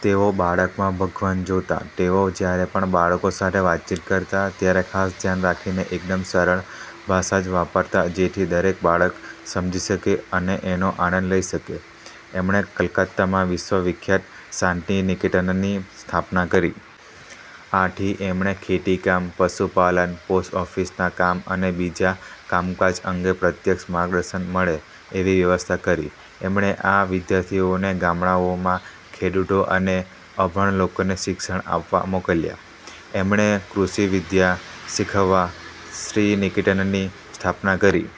તેઓ બાળકમાં ભગવાન જોતા. તેઓ જયારે પણ બાળકો સાથે વાતચીત કરતા ત્યારે ખાસ ધ્યાન રાખીને એકદમ સરળ ભાષા જ વાપરતા જેથી દરેક બાળક સમજી શકે અને એનો આનંદ લઇ શકે. એમણે કલકત્તામાં વિશ્વવિખ્યાત શાંતિનિકેતનની સ્થાપના કરી. આથી એમણે ખેતીકામ, પશુપાલન, પોસ્ટ ઓફિસના કામ અને બીજા કામકાજ અંગે પ્રત્યક્ષ માર્ગદર્શન મળે એવી વ્યવસ્થા કરી. એમણે આ વિદ્યાર્થીઓને ગામડાંઓમાં ખેડૂતો અને અભણ લોકોને શિક્ષણ આપવા મોકલ્યા. એમણે કૃષિવિદ્યા શીખવવા શ્રીનિકેતનની સ્થાપના કરી.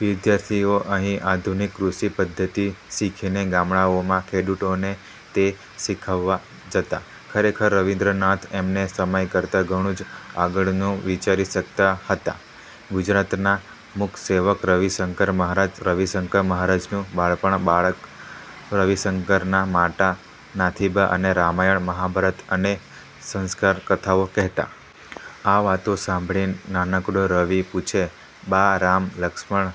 વિદ્યાર્થીઓ અહીં આધુનિક કૃષિ પદ્ધતિ શીખીને ગામડાંઓમાં ખેડૂતોને તે શીખવવા જતા. ખરેખર રવિન્દ્રનાથ એમના સમય કરતાં ઘણું જ આગળનું વિચારી શકતા હતા! ગુજરાતના મૂકસેવક રવિશંકર મહારાજ રવિશંકર મહારાજનું બાળપણ બાળક રવિશંકરના માતા નાથીબા એને રામાયણ, મહાભારત અને સંસ્કાર કથાઓ કહેતા. આ વાતો સાંભળી નાનકડો રવિ પૂછે,"બા, રામ, લક્ષ્મણ,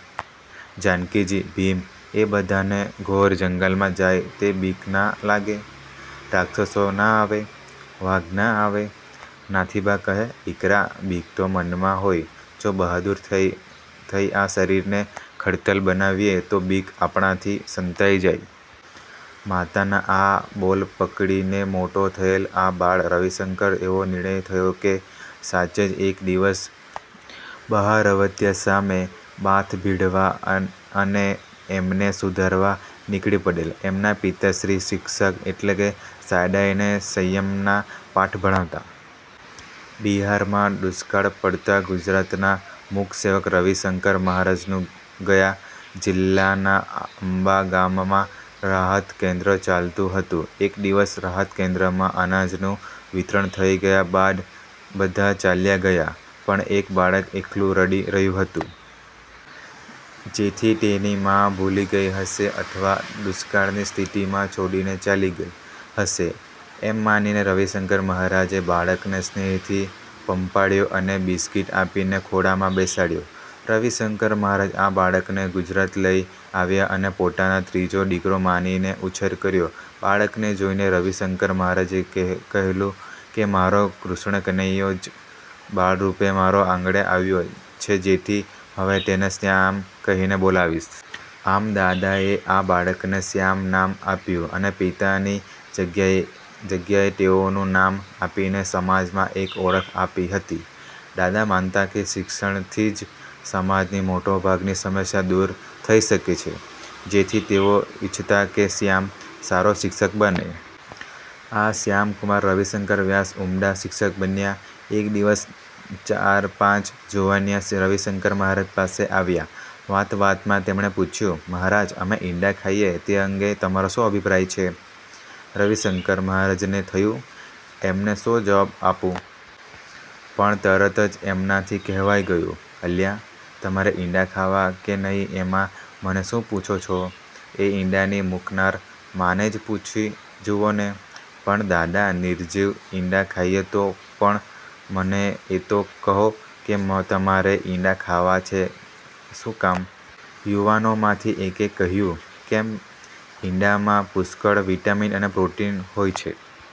જાનકીજી, ભીમ એ બધાને ઘોર જંગલમાં જાય તે બીક ના લાગે? રાક્ષસો ના આવે? વાઘ ના આવે? " નાથીબા કહે,"દીકરા બીક તો મનમાં હોય, જો બહાદૂર થઈ આ શરીરને ખડતલ બનાવીએ તો બીક આપણાથી સંતાઈ જાય. " માતાના આ બોલ પકડીને મોટો થયેલ આ બાળ રવિશંકર એવો નિર્ભય થયો કે, સાચે જ એક દિવસ બહારવટિયા સામે બાથ ભીડવા અને એમને સુધારવા નીકળી પડેલ. એમના પિતાશ્રી શિક્ષક એટલે સાદાઈ ને સંયમના પાઠ ભણાવતા. બિહારમાં દુષ્કાળ પડતાં ગુજરાતના મૂકસેવક રવિશંકર મહારાજ નું ગયા જિલ્લાના અંબા ગામમાં રાહતકેન્દ્ર ચાલતું હતું. એક દિવસ રાહતકેન્દ્રમાં અનાજનું વિતરણ થઇ ગયા બાદ બધા ચાલ્યા ગયાં પણ એક બાળક એકલું રડી રહ્યું હતું. જેથી તેની મા ભૂલી ગઇ હશે અથવા દુષ્કાળની સ્થિતિમાં છોડીને ચાલી ગઇ હશે એમ માનીને રવિશંકર મહારાજે બાળકને સ્નેહથી પંપાળ્યો અને બિસ્કિટ આપીને ખોળામાં બેસાડ્યો. રવિશંકર મહારાજ આ બાળકને ગુજરાત લઇ આવ્યા અને પોતાના ત્રીજો દિકરો માનીને ઉછેર કર્યો બાળકને જોઇને રવિશંકર મહારાજે કહેલું કે મારો કૃષ્ણકનૈયો જ બાળરૂપે મારે આંગણે આવ્યો છે જેથી હવે તેને શ્યામ કહીને બોલાવીશ. આમ દાદાએ આ બાળકને શ્યામ નામ આપ્યું અને પિતાની જગ્યાએ તેઓનું નામ આપીને સમાજમાં એક ઓળખ આપી હતી. દાદા માનતા કે શિક્ષણથી જ સમાજની મોટા ભાગની સમસ્યાઓ દૂર થઇ શકે છે. જેથી તેઓ ઇચ્છતા કે શ્યામ સારો શિક્ષક બને. આ શ્યામકુમાર રવિશંકર વ્યાસ ઉમદા શિક્ષક બન્યા. એક દિવસ ચાર-પાંચ જુવાનિયા રવિશંકર મહારાજ પાસે આવ્યા. વાતવાતમાં તેમણે પૂછ્યું: 'મહારાજ, અમે ઈંડાં ખાઈએ તે અંગે તમારો શો અભિપ્રાય છે? ' રવિશંકર મહારાજને થયું: 'એમને શો જવાબ આપું? પણ તરત જ એમનાથી કહેવાઈ ગયું: 'અલ્યા, તમારે ઈંડાં ખાવાં કે નહિ એમાં મને શું પૂછો છો? – એ ઈંડાંની મૂકનાર માને જ પૂછી જુવોને! ' 'પણ દાદા, નિર્જીવ ઈંડાં ખાઈએ તો? ' 'પણ, મને એ તો કહો કે તમારે ઈંડાં ખાવાં છે શું કામ? ' યુવાનોમાંથી એકે કહ્યું: 'કેમ? ઈંડાંમાં પુષ્કળ વિટામીન અને પ્રોટીન હોય છે.